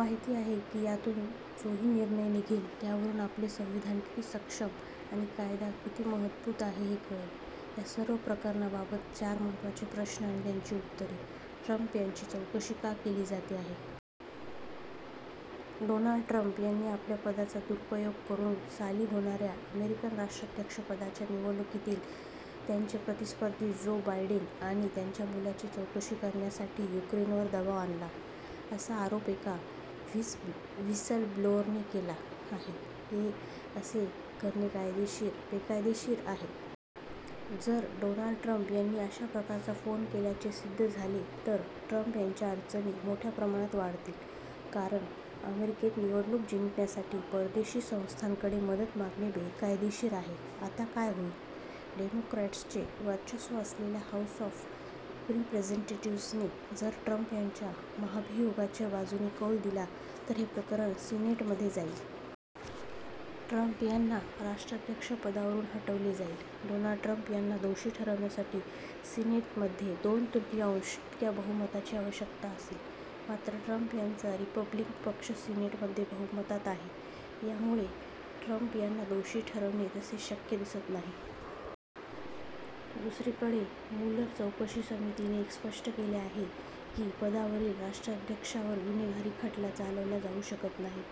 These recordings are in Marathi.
माहिती आहे की यातून जोही निर्णय निघेल, त्यावरून आपले संविधान किती सक्षम आणि कायदा किती मजबूत आहे, हे कळेल. या सर्व प्रकरणाबाबत चार महत्त्वाचे प्रश्न आणि त्यांची उत्तरे: ट्रम्प यांची चौकशी का केली जाते आहे? डोनाल्ड ट्रम्प यांनी आपल्या पदाचा दुरुपयोग करून, साली होणाऱ्या अमेरिकन राष्ट्राध्यक्षपदाच्या निवडणुकीतले त्यांचे प्रतिस्पर्धी जो बायडेन आणि त्यांच्या मुलाची चौकशी करण्यासाठी युक्रेनवर दबाव आणला, असा आरोप एका व्हिसलब्लोअरने केला आहे. हे असे करणे बेकायदेशीर आहे? जर डोनाल्ड ट्रम्प यांनी अशा प्रकारचा फोन केल्याचे सिद्ध झाले तर ट्रम्प यांच्या अडचणी मोठ्या प्रमाणात वाढतील. कारण अमेरिकेत निवडणूक जिंकण्यासाठी परदेशी संस्थांकडे मदत मागणे बेकायदेशीर आहे. आता काय होईल? डेमोक्रॅट्सचे वर्चस्व असलेल्या हाऊस ऑफ रिप्रेझेंटेटिव्ह्सने जर ट्रम्प यांच्या महाभियोगाच्या बाजूने कौल दिला, तर हे प्रकरण सिनेटमध्ये जाईल. ट्रम्प यांना राष्ट्राध्यक्षपदावरून हटवले जाईल? डोनाल्ड ट्रम्प यांना दोषी ठरवण्यासाठी सिनेटमध्ये दोन तृतीयांश इतक्या बहुमताची आवश्यकता असेल. मात्र ट्रम्प यांचा रिपब्लिकन पक्ष सिनेटमध्ये बहुमतात आहे. त्यामुळे ट्रम्प यांना दोषी ठरवणे तसे शक्य दिसत नाही. दुसरीकडे, मुलर चौकशी समितीने हे स्पष्ट केले आहे की, पदावरील राष्ट्राध्यक्षावर गुन्हेगारी खटला चालवला जाऊ शकत नाही.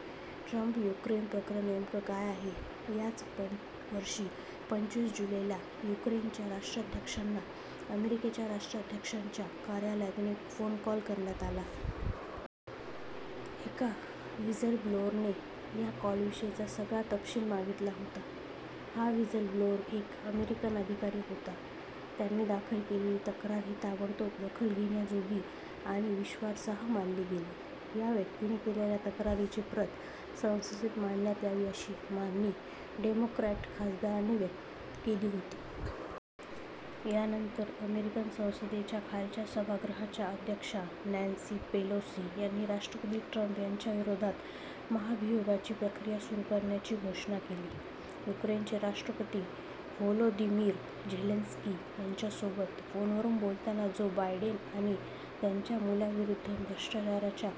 ट्रम्प-युक्रेन प्रकरण नेमकं काय आहे? याच वर्षी पंचवीस जुलैला युक्रेनच्या राष्ट्राध्यक्षांना अमेरिकेच्या राष्ट्राध्यक्षांच्या कार्यालयातून एक फोन कॉल करण्यात आला. एका व्हिसलब्लोअरने या कॉलविषयीचा सगळा तपशील मागितला होता. हा व्हिसलब्लोअर एक अमेरिकन अधिकारी होता. त्यांनी दाखल केलेली तक्रार ही 'ताबडतोब दखल घेण्याजोगी' आणि विश्वासार्ह मानली गेली. या व्यक्तीने केलेल्या तक्रारीची प्रत संसदेत मांडण्यात यावी अशी मागणी डेमोक्रॅट खासदारांनी केली होती. यानंतर अमेरिकन संसदेच्या खालच्या सभागृहाच्या अध्यक्षा नॅन्सी पेलोसी यांनी राष्ट्रपती ट्रम्प यांच्याविरोधात महाभियोगाची प्रक्रिया सुरू करण्याची घोषणा केली. युक्रेनचे राष्ट्रपती व्होलोदिमीर झेलेन्स्की यांच्यासोबत फोनवरून बोलताना जो बायडेन आणि त्यांच्या मुलाविरुद्ध भ्रष्टाचाराच्या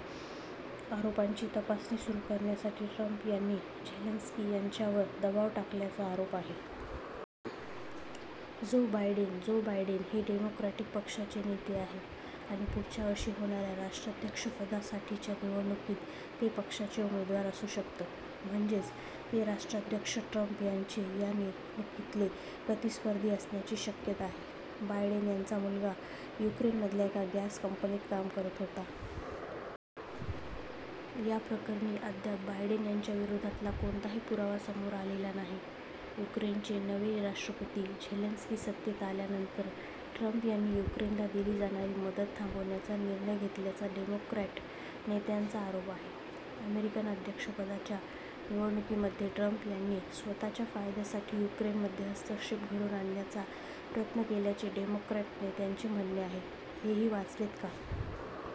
आरोपांची तपासणी सुरू करण्यासाठी ट्रम्प यांनी झेलेन्स्की यांच्यावर दबाव टाकल्याचा आरोप आहे. जो बायडेन - जो बायडेन हे डेमोक्रॅटिक पक्षाचे नेते आहेत आणि पुढच्या वर्षी होणाऱ्या राष्ट्राध्यक्षपदासाठीच्या निवडणुकीत ते पक्षाचे उमेदवार असू शकतात. म्हणजेच ते राष्ट्राध्यक्ष ट्रम्प यांचे या निवडणुकीतले प्रतिस्पर्धी असण्याची शक्यता आहे. बायडेन यांचा मुलगा युक्रेनमधल्या एका गॅस कंपनीत काम करत होता. याप्रकरणी अद्याप बायडेन यांच्या विरोधातला कोणताही पुरावा समोर आलेला नाही. युक्रेनचे नवे राष्ट्रपती झेलेन्स्की सत्तेत आल्यानंतर ट्रम्प यांनी युक्रेनला दिली जाणारी मदत थांबवण्याचा निर्णय घेतल्याचा डेमोक्रॅट नेत्यांचा आरोप आहे. अमेरिकन अध्यक्षपदाच्या निवडणुकीमध्ये ट्रम्प यांनी स्वतःच्या फायद्यासाठी युक्रेनमध्ये हस्तक्षेप घडवून आणण्याचा प्रयत्न केल्याचे डेमोक्रॅट नेत्यांचे म्हणणे आहे. हेही वाचलेत का?